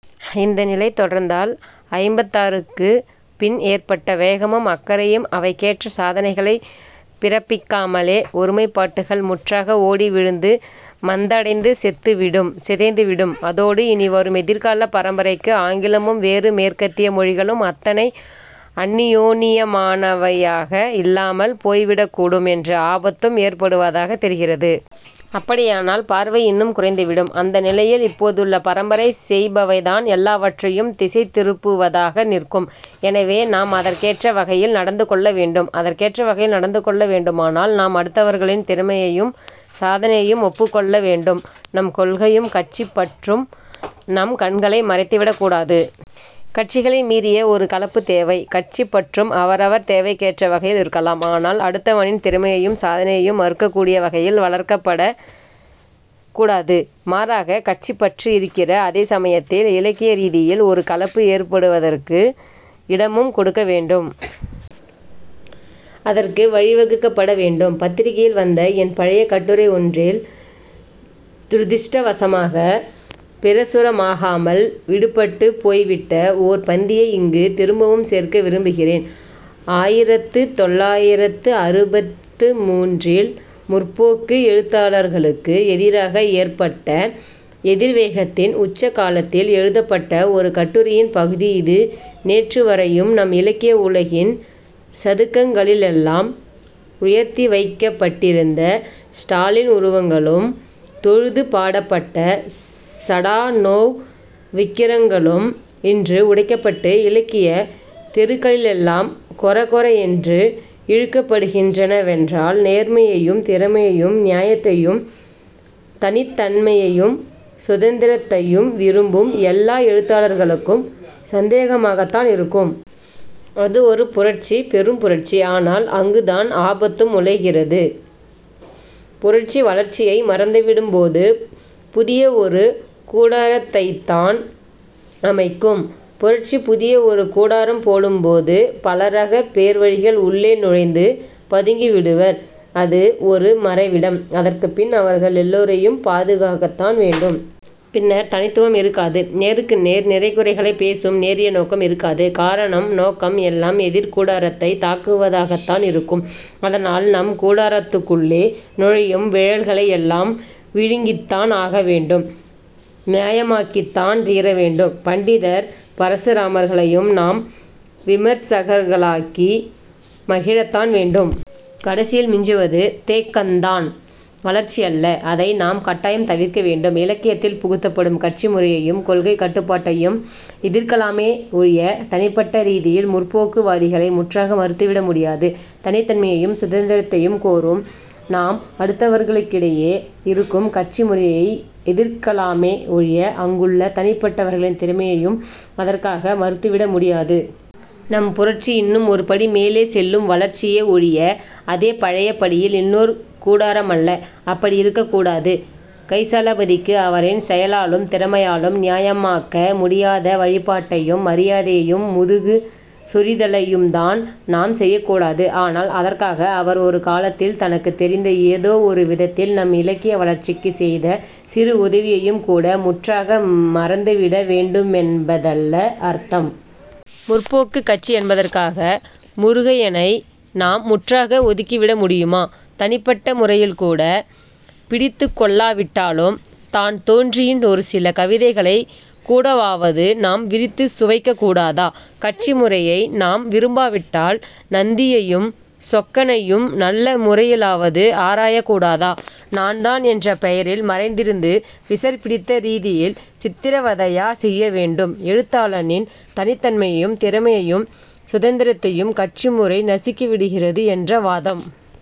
இந்த நிலை தொடர்ந்தால் ஐம்பத்தாறுக்குப் பின் ஏற்பட்ட வேகமும் அக்கறையும் அவைக்கேற்ற சாதனைகளைப் பிறப்பிக்காமலே ஒருமைப்பாட்டுக்கள் முற்றாக ஓடி விழுந்து மந்தடைந்து செத்துவிடும், சிதைந்துவிடும். அதோடு இனி வரும் எதிர்காலப் பரம்பரைக்கு ஆங்கிலமும் வேறு மேற்கத்திய மொழிகளும் அத்தனை அன்னியோன்னியமானவையாக இல்லாமல் போய்விடக்கூடும் என்ற ஆபத்தும் ஏற்படுவதாகத் தெரிகிறது. அப்படியானால் பார்வை இன்னும் குறைந்துவிடும். அந்த நிலையில் இப்போதுள்ள பரம்பரை செய்பவைதான் எல்லாவற்றையும் திசைதிருப்புவதாக நிற்கும். எனவே, நாம் அதற்கேற்ற வகையில் நடந்துகொள்ள வேண்டும். அதற்கேற்ற வகையில் நடந்துகொள்ள வேண்டுமானால் நாம் அடுத்தவர்களின் திறமையையும் சாதனையையும் ஒப்புக்கொள்ள வேண்டும். நம் கொள்கையும் கட்சிப் பற்றும் நம் கண்களை மறைத்துவிடக் கூடாது. கட்சிகளை மீறிய ஒரு கலப்புத் தேவை. கட்சிப் பற்றும் அவரவர் தேவைக்கேற்ற வகையில் இருக்கலாம். ஆனால் அடுத்தவனின் திறமையையும் சாதனையையும் மறுக்கக்கூடிய வகையில் வளர்க்கப்படக் கூடாது. மாறாக, கட்சிப் பற்று இருக்கிற அதே சமயத்தில் இலக்கிய ரீதியில் ஒரு கலப்பு ஏற்படுவதற்கு இடமும் கொடுக்க வேண்டும். அதற்கு வழிவகுக்கப்பட வேண்டும். பத்திரிகையில் வந்த என் பழைய கட்டுரை ஒன்றில் துரதிஷ்டவசமாகப் பிரசுரமாகாமல் விடுபட்டுப் போய்விட்ட ஓர் பந்தியை இங்கு திரும்பவும் சேர்க்க விரும்புகிறேன். ஆயிரத்து தொள்ளாயிரத்து அறுபத்து மூன்றில் 'முற்போக்கு' எழுத்தாளர்களுக்கு எதிராக ஏற்பட்ட எதிர் வேகத்தின் உச்ச காலத்தில் எழுதப்பட்ட ஒரு கட்டுரையின் பகுதி இது நேற்று வரையும் நம் இலக்கிய உலகின் சதுக்கங்களிலெல்லாம் உயர்த்திவைக்கப்பட்டிருந்த ஸ்டாலின் உருவங்களும் தொழுது பாடப்பட்ட சடானோவ் விக்கிரகங்களும் இன்று உடைக்கப்பட்டு இலக்கியத் தெருக்களிலெல்லாம் கொர கொர என்று இழுக்கப்படுகின்றனவென்றால் நேர்மையையும் திறமையையும் நியாயத்தையும் தனித்தன்மையையும் சுதந்திரத்தையும் விரும்பும் எல்லா எழுத்தாளர்களுக்கும் சந்தேகமாகத்தான் இருக்கும். அது ஒரு புரட்சி, பெரும் புரட்சி. ஆனால் அங்குதான் ஆபத்தும் முளைகிறது...புரட்சி, வளர்ச்சியை மறந்துவிடும்போது புதிய ஒரு கூடாரத்தைத்தான் அமைக்கும். புரட்சி புதிய ஒரு கூடாரம் போடும்போது பலரகப் பேர்வழிகள் உள்ளே நுழைந்து பதுங்கிவிடுவர். அது ஒரு மறைவிடம். அதற்குப் பின் அவர்கள் எல்லோரையும் பாதுகாக்கத்தான் வேண்டும். பின்னர் தனித்துவம் இருக்காது. நேருக்கு நேர் நிறைகுறைகளைப் பேசும் நேரிய நோக்கம் இருக்காது. காரணம், நோக்கம் எல்லாம் எதிர் கூடாரத்தைத் தாக்குவதாகத்தான் இருக்கும். அதனால் நம் கூடாரத்துக்குள்ளே நுழையும் விழல்களை எல்லாம் விழுங்கித்தான் ஆகவேண்டும். நியாயமாக்கித்தான் தீரவேண்டும். பண்டிதர் பரசுராமர்களையும் நாம் விமர்சகர்களாக்கி மகிழத்தான் வேண்டும். கடைசியில் மிஞ்சுவது தேக்கந்தான், வளர்ச்சியல்ல. அதை நாம் கட்டாயம் தவிர்க்க வேண்டும். இலக்கியத்தில் புகுத்தப்படும் கட்சி முறையையும் கொள்கைக் கட்டுப்பாட்டையும் எதிர்க்கலாமே ஒழிய தனிப்பட்ட ரீதியில் 'முற்போக்கு'வாதிகளை முற்றாக மறுத்துவிட முடியாது. தனித்தன்மையையும் சுதந்திரத்தையும் கோரும் நாம் அடுத்தவர்களுக்கிடையே இருக்கும் கட்சி முறையை எதிர்க்கலாமே ஒழிய அங்குள்ள தனிப்பட்டவர்களின் திறமையையும் அதற்காக மறுத்துவிட முடியாது. நம் புரட்சி இன்னும் ஒரு படி மேலே செல்லும் வளர்ச்சியே ஒழிய அதே பழைய படியில் இன்னோர் கூடாரமல்ல. அப்படி இருக்கக் கூடாது. கைசலாபதிக்கு அவரின் செயலாலும் திறமையாலும் நியாயமாக்க முடியாத வழிபாட்டையும், மரியாதையையும் முதுகு சொறிதலையும்தான் நாம் செய்யக்கூடாது. ஆனால் அதற்காக அவர் ஒரு காலத்தில் தனக்குத் தெரிந்த ஏதோ ஒரு விதத்தில் நம் இலக்கிய வளர்ச்சிக்குச் செய்த சிறு உதவியையும் கூட முற்றாக மறந்துவிட வேண்டுமென்பதல்ல அர்த்தம். 'முற்போக்குக்' கட்சி என்பதற்காக முருகையனை நாம் முற்றாக ஒதுக்கிவிட முடியுமா? தனிப்பட்ட முறையில்கூடப் பிடித்துக்கொள்ளாவிட்டாலும் தான்தோன்றியின் ஒரு சில கவிதைகளைக் கூடவாவது நாம் விரித்துச் சுவைக்கக் கூடாதா? கட்சி முறையை நாம் விரும்பாவிட்டால் நந்தியையும் சொக்கனையும் நல்ல முறையிலாவது ஆராயக் கூடாதா? 'நான்தான்' என்ற பெயரில் மறைந்திருந்து விசர் பிடித்த ரீதியில் சித்திரவதையா செய்ய வேண்டும்? எழுத்தாளனின் தனித்தன்மையையும் திறமையையும் சுதந்திரத்தையும் கட்சிமுறை நசுக்கிவிடுகிறது என்ற வாதம்,